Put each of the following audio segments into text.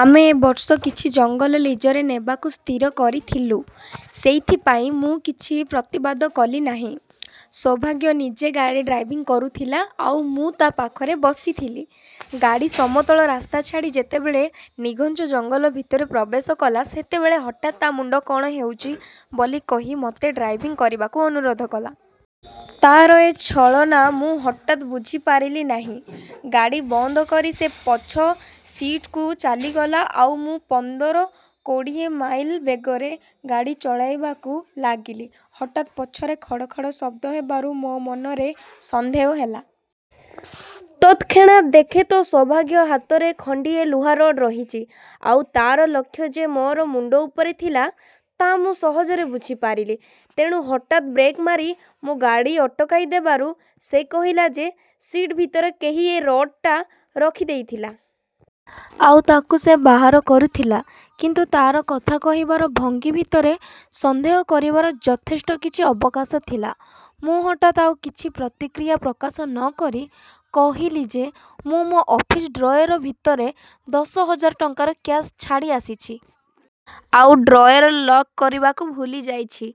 ଆମେ ଏ ବର୍ଷ କିଛି ଜଙ୍ଗଲ ଲିଜରେ ନେବାକୁ ସ୍ଥିର କରିଥିଲୁଁ । ସେଇଥିପାଇଁ ମୁଁ କିଛି ପ୍ରତିବାଦ କଲି ନାହିଁ। ସୌଭାଗ୍ୟ ନିଜେ ଗାଡ଼ି ଡ୍ରାଇଭିଂ କରୁଥିଲା ଆଉ ମୁଁ ତା ପାଖରେ ବସିଥିଲି। ଗାଡ଼ି ସମତଳ ରାସ୍ତା ଛାଡ଼ି ଯେତେବେଳେ ନିଘଞ୍ଚ ଜଙ୍ଗଲ ଭିତରେ ପ୍ରବେଶ କଲା ସେତେବେଳେ ହଠାତ୍ ତା ମୁଣ୍ତ କଣ ହେଉଛି ବୋଲି କହି ମୋତେ ଡ୍ରାଇଭିଂ କରିବାକୁ ଅନୁରୋଧ କଲା। ତା'ର ଏ ଛଳନା ମୁଁ ହାଠାତ୍ ବୁଝିପାରିଲି ନାହିଁ। ଗାଡ଼ି ବନ୍ଦ କରି ସେ ପଛ ସିଟ୍କୁ ଚାଲିଗଲା ଆଉ ମୁଁ ପନ୍ଦର, କୋଡୀଏ ମାଇଲ ବେଗରେ ଗାଡ଼ି ଚଳାଇବାକୁ ଲାଗିଲି। ହଠାତ୍ ପଛରେ ଖଡ଼ ଖଡ଼ ଶଦ୍ଦ ହେବାରୁ ମୋ ମନରେ ସନ୍ଦେହ ହେଲା। ତତ୍ ଖେଣାତ୍ ଦେଖେ ତ ସୌଭାଗ୍ୟ ହାତରେ ଖଣ୍ତିଏ ଲୁହା ରଡ୍ ରହିଛି। ଆଉ ତା'ର ଲକ୍ଷ୍ୟ ଯେ ମୋର ମୁଣ୍ତ ଉପରେ ଥିଲା ତା' ମୁଁ ସହଜରେ ବୁଝିପାରିଲି। ତେଣୁ ହଠାତ୍ ବ୍ରେକ୍ମାରି ମୁଁ ଗାଡ଼ି ଅଟକାଇଦେବାରୁ ସେ କହିଲା ଯେ ସିଟ୍ଭିତରେ କେହି ଏ ରଡ୍ଟା ରଖିଦେଇଥିଲା। ଆଉ ତାକୁ ସେ ବାହାର କରୁଥିଲା। କିନ୍ତୁ ତାର କଥା କହିବାର ଭଙ୍ଗୀ ଭିତରେ ସନ୍ଦେହ କରିବାର ଯଥେଷ୍ଟ କିଛି ଅବକାଶ ଥିଲା। ମୁଁ ହଠାତ୍ ଆଉ କିଛି ପ୍ରତିକ୍ରିୟା ପ୍ରକାଶ ନ କରି କହିଲି ଯେ ମୁ ମୋ ଅଫିସ ଡ୍ରଏର ଭିତରେ ଦଶ ହଜାର ଟଙ୍କାର କ୍ୟାସ ଛାଡ଼ିଆସିଛି। ଆଉ ଡ୍ରଏର ଲକ୍ କରିବାକୁ ଭୁଲିଯାଇଛି।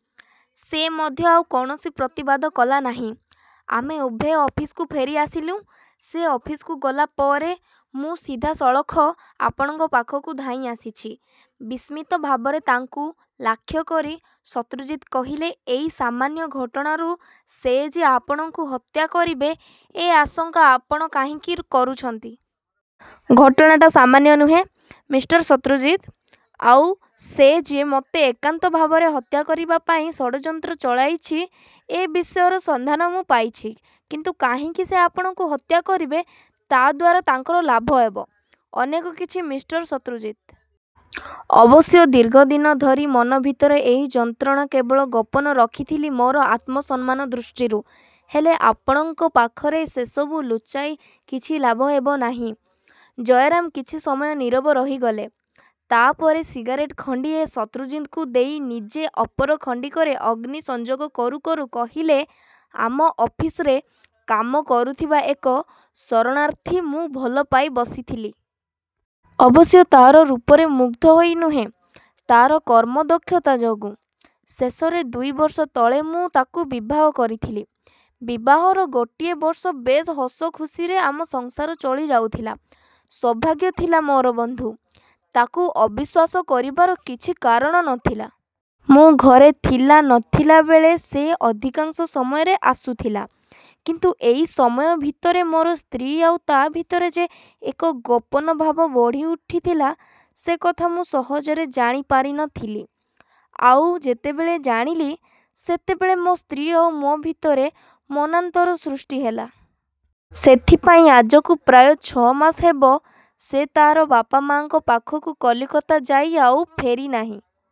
ସେ ମଧ୍ୟ ଆଉ କୌଣସି ପ୍ରତିବାଦ କଲା ନାହିଁ। ଆମେ ଉଭୟେ ଅଫିସକୁ ଫେରିଆସିଲୁଁ। ସେ ଅଫିସକୁ ଗଲା ପରେ ମୁଁ ସିଧାସଳଖ ଆପଣଙ୍କ ପାଖକୁ ଧାଇଁଆସିଛି। ବିସ୍ମିତ ଭାବରେ ତାଙ୍କୁ ଲାକ୍ଷ୍ୟ କରି ଶତ୍ରୁଜିତ୍ କହିଲେ ଏଇ ସାମାନ୍ୟ ଘଟଣାରୁ ସେ ଯେ ଆପଣଙ୍କୁ ହତ୍ୟା କରିବେ ଏ ଆଶଙ୍କା ଆପଣ କାହିଁକି କରୁଛନ୍ତି? ଘଟଣାଟା ସାମାନ୍ୟ ନୁହେଁ, ମିଷ୍ଟର ଶତ୍ରୁଜିତ୍! ଆଉ ସେ ଯେ ମୋତେ ଏକାନ୍ତ ଭାବରେ ହତ୍ୟା କରିବାପାଇଁ ଷଡ଼ଯନ୍ତ୍ର ଚଳାଇଛି ଏ ବିଷୟର ସନ୍ଧାନ ମୁଁ ପାଇଛି। କିନ୍ତୁ କାହିଁକି ସେ ଆପଣଙ୍କୁ ହତ୍ୟା କରିବେ ତା ଦ୍ୱାରା ତାଙ୍କର ଲାଭ ହେବ? ଅନେକ କିଛି, ମିଷ୍ଟର ଶତ୍ରୁଜିତ୍! ଅବଶ୍ୟ ଦୀର୍ଘଦିନ ଧରି ମନ ଭିତରେ ଏଇ ଯନ୍ତ୍ରଣା କେବଳ ଗୋପନ ରଖିଥିଲି ମୋର ଆତ୍ମସମ୍ମାନ ଦୃଷ୍ଟିରୁ। ହେଲେ ଆପଣଙ୍କ ପାଖରେ ସେସବୁ ଲୁଚାଇ କିଛି ଲାଭ ହେବ ନାହିଁ। ଜୟରାମ କିଛି ସମୟ ନୀରବ ରହିଗଲେ। ତା' ପରେ ସିଗାରେଟ ଖଣ୍ତିଏ ଶତ୍ରୁଜିତ୍ଙ୍କୁ ଦେଇ ନିଜେ ଅପର ଖଣ୍ତିକରେ ଅଗ୍ନି ସଂଯୋଗ କରୁ କରୁ କହିଲେ, ଆମ ଅଫିସରେ କାମ କରୁଥିବା ଏକ ଶରଣାର୍ଥୀ ମୁଁ ଭଲ ପାଇ ବସିଥିଲି। ଅବଶ୍ୟ ତାର ରୂପରେ ମୁଗ୍ଧ ହୋଇ ନୁହେଁ, ତାର କର୍ମଦକ୍ଷତା ଯୋଗୁ। ଶେଷରେ ଦୁଇବର୍ଷ ତଳେ ମୁଁ ତାକୁ ବିବାହ କରିଥିଲି। ବିବାହର ଗୋଟିଏ ବର୍ଷ ବେଶ୍ ହସଖୁସିରେ ଆମ ସଂସାର ଚଳିଯାଉଥିଲା । ସୌଭାଗ୍ୟ ଥିଲା ମୋର ବନ୍ଧୁ। ତାକୁ ଅବିଶ୍ୱାସ କରିବାର କିଛି କାରଣ ନ ଥିଲା। ମୁଁ ଘରେ ଥିଲା ନଥିଲାବେଳେ ସେ ଅଧିକାଂଶ ସମୟରେ ଆସୁଥିଲା। କିନ୍ତୁ ଏଇ ସମୟ ଭିତରେ ମୋର ସ୍ତ୍ରୀ ଆଉ ତା' ଭିତରେ ଯେ ଏକ ଗୋପନ ଭାବ ବଢ଼ିଉଠିଥିଲା ସେକଥା ମୁଁ ସହଜରେ ଜାଣିପାରି ନ ଥିଲି । ଆଉ ଯେତେବେଳେ ଜାଣିଲି, ସେତେବେଳେ ମୋ ସ୍ତ୍ରୀ ଆଉ ମୋ ଭିତରେ ମନାନ୍ତର ସୃଷ୍ଟି ହେଲା। ସେଇଥିପାଇଁ ଆଜକୁ ପ୍ରାୟ ଛ'ମାସ ହେବ ସେ ତା'ର ବାପମାଆଙ୍କ ପାଖକୁ କଲିକତା ଯାଇ ଆଉ ଫେରିନାହିଁ।